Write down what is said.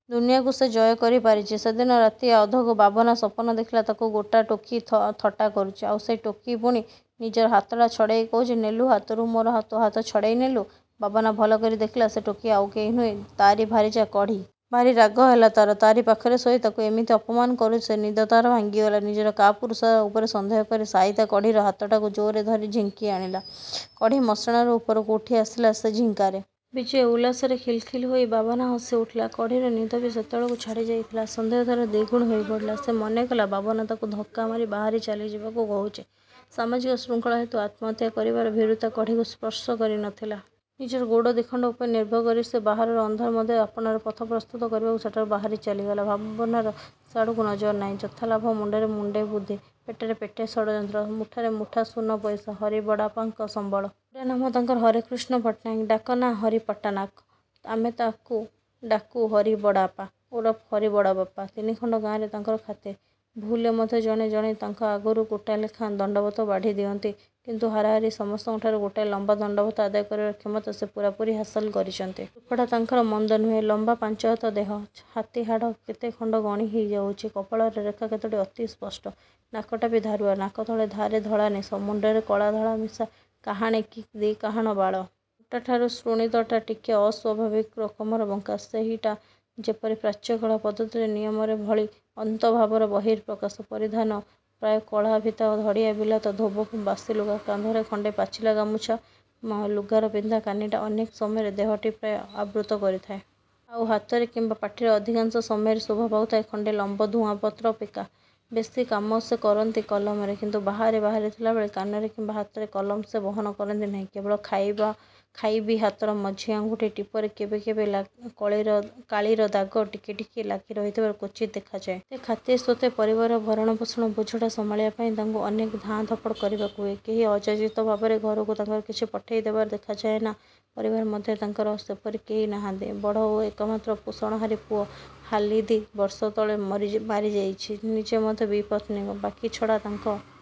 ଦୁନିଆକୁ ସେ ଜୟ କରି ପାରିଚି। ସେଦିନ ରାତି ଅଧକୁ ବାବନା ସପନ ଦେଖିଲା ତାକୁ ଗୋଟା ଟୋକୀ ଥଟା କରୁଚି,–ଆଉ ସେହି ଟୋକୀ ପୁଣି ନିଜର ହାତଟା ଛଡ଼େଇ କହୁଚି, ନେଲୁ ହାତରୁ ମୋର ତୋ ହାତ ଛଡ଼େଇ ନେଲୁ? ବାବନା ଭଲକରି ଦେଖିଲା ସେ ଟୋକୀ ଆଉ କେହି ନୁହେଁ, ତାରି ଭାରିଯା କଢ଼ୀ। ଭାରି ରାଗହେଲା ତାର। ତାରି ପାଖରେ ଶୋଇ ତାକୁ ଏମିତି ଅପମାନ କରୁଚି ସେ। ନିଦ ତାର ଭାଙ୍ଗିଗଲା। ନିଜର ପୁରୁଷକାର ଉପରେ ସନ୍ଦେହ କରି ଶାୟିତା କଢ଼ୀର ହାତଟାକୁ ଜୋରରେ ଧରି ଝିଙ୍କି ଆଣିଲା। କଢ଼ୀ ମସିଣାରୁ ଉପରକୁ ଉଠି ଆସିଲା ସେ ଝିଙ୍କାରେ। ବିଜୟ ଉଲ୍ଲାସରେ ଖିଲ୍ ଖିଲ୍ ହୋଇ ବାବନା ହସି ଉଠିଲା। କଢ଼ୀର ନିଦ ବି ସେତେବେଳକୁ ଛାଡ଼ିଯାଇ ଥିଲା ସନ୍ଦେହ ତାର ଦିଗୁଣ ହୋଇ ବଢ଼ିଲା। ସେ ମନେକଲା ବାବନା ତାକୁ ଧକା ମାରି ବାହାରି ଚାଲି ଯିବାକୁ କହୁଚି। ସାମାଜିକ ଶୃଙ୍ଖଳା ହେତୁ ଆତ୍ମହତ୍ୟା କରିବାର ଭୀରୁତା କଢ଼ୀକୁ ସ୍ପର୍ଶ କରି ନ ଥିଲା। ନିଜର ଗୋଡ଼ ଦିଖଣ୍ଡ ଉପରେ ନିର୍ଭର କରି ସେ ବାହାରର ଅନ୍ଧାର ମଧ୍ୟରେ ଆପଣାର ପଥ ପ୍ରସ୍ତୁତ କରିବାକୁ ସେଠାରୁ ବାହାରି ଚାଲିଗଲା। ବାବନାର ସେଆଡ଼କୁ ନଜର ନାହିଁ। ଯଥା ଲାଭ ମୁଣ୍ଡରେ ମୁଣ୍ଡେ ବୁଦ୍ଧି, ପେଟରେ ପେଟେ ଷଡ଼ଯନ୍ତ୍ର, ମୁଠାରେ ମୁଠା ଶୂନ୍ ପଇସା, ହରି ବଡ଼'ପାଙ୍କ ସମ୍ବଳ। ପୁରା ନାମ ତାଙ୍କର ହରେକୃଷ୍ଣ ପଟ୍ଟନାୟକ। ଡାକ ନା ହରି ପଟନା'କ। ଆମେ ଡାକୁ ହରି ବଡ଼'ପା ଓରଫ୍ ହରିବଡ଼ବାପା। ତିନିଖଣ୍ଡ ଗାଁରେ ତାଙ୍କର ଖାତିର। ଭୁଲରେ ମଧ୍ୟ ଜଣେ ଜଣେ ତାଙ୍କୁ ଆଗରୁ ଗୋଟା ଲେଖାଁ ଦଣ୍ଡବତ ବାଢ଼ି ଦିଅନ୍ତି। କିନ୍ତୁ ହାରାହାରି ସମସ୍ତଙ୍କଠାରୁ ଗୋଟାଏ ଲମ୍ବା ଦଣ୍ଡବତ ଆଦାୟ କରିବାର କ୍ଷମତା ସେ ପୂରାପୂରି ହାସଲ କରିଚନ୍ତି। ରୂପଟା ତାଙ୍କର ମନ୍ଦ ନୁହେଁ, ଲମ୍ବା ପାଞ୍ଚହାତ ଦେହ, ଛାତି ହାଡ଼ କେତେ ଖଣ୍ଡ ଗଣି ହୋଇଯାଉଚି। କପାଳର ରେଖା କେତୋଟି ଅତି ସ୍ପଷ୍ଟ। ନାକଟା ବି ଧାରୁଆ–ନାକ ତଳେ ଧାରେ ଧଳା ନିଶ। ମୁଣ୍ଡରେ କଳା ଧଳା ମିଶା କାହାଣେ କି ଦି' କାହାଣ ବାଳ। ଅଣ୍ଟାଠାରୁ ଶ୍ରୋଣିତଟା ଟିକେ ଅସ୍ଵାଭାବିକ ରକମର ବଙ୍କା। ସେହିଟା ଯେପରି ପ୍ରାଚ୍ୟ କଳା ପଦ୍ଧତିରେ ନିୟମ ଭଳି, ଅନ୍ତରଭାବର ବହିଃପ୍ରକାଶ। ପରିଧାନ ପ୍ରାୟ କଳା ଫିତା ଧଡ଼ିଆ ବିଲାତ ଧୋବ ବାସିଲୁଗା–କାନ୍ଧରେ ଖଣ୍ଡେ ପାଚିଲା ଗାମୁଛା, ଲୁଗାର ପିନ୍ଧା କାନିଟା ଅନେକ ସମୟରେ ଦେହଟି ପ୍ରାୟ ଆବୃତ କରିଥାଏ। ଆଉ ହାତରେ କିମ୍ବା ପାଟିରେ ଅଧିକାଂଶ ସମୟରେ ଶୋଭା ପାଉଥାଏ ଖଣ୍ଡେ ଲମ୍ବ ଧୂଆଁପତ୍ର ପିକା। ବେଶି କାମ ସେ କରନ୍ତି କଲମରେ–କିନ୍ତୁ ବାହାରେ ବାହାରିଥିଲା ବେଳେ କାନରେ କିମ୍ବା ହାତରେ କଲମ ସେ ବହନ କରନ୍ତି ନାହିଁ। କେବଳ ଖାଇବି ହାତର ମଝି ଆଙ୍ଗୁଠି ଟିପରେ କେବେ କେବେ କାଳିର ଦାଗ ଟିକେ ଟିକେ ଲାଗି ରହିଥିବାର କ୍ଵଚିତ୍ ଦେଖାଯାଏ। ଏତେ ଖାତିର ସତ୍ତ୍ୱେ ପରିବାରର ଭରଣପୋଷଣ ବୋଝଟା ସମାଳିବା ପାଇଁ ତାଙ୍କୁ ଅନେକ ଧାଁ ଧପଡ଼ କରିବାକୁ ହୁଏ। କେହି ଅଯାଚିତ ଭାବରେ ଘରକୁ ତାଙ୍କର କିଛି ପଠେଇ ଦେବାର ଦେଖାଯାଏ ନା। ପରିବାର ମଧ୍ୟରେ ତାଙ୍କର ସେପରି କେହି ନାହାନ୍ତି। ବଡ଼ ଓ ଏକମାତ୍ର ପୋଷଣହାରି ପୁଅ ହାଲି ଦି ବର୍ଷତଳେ ମାରିଯାଇଚି–ନିଜେ ମଧ୍ୟ ବିପତ୍ନୀକ। ବାକୀ ତାଙ୍କ ଛଡ଼ା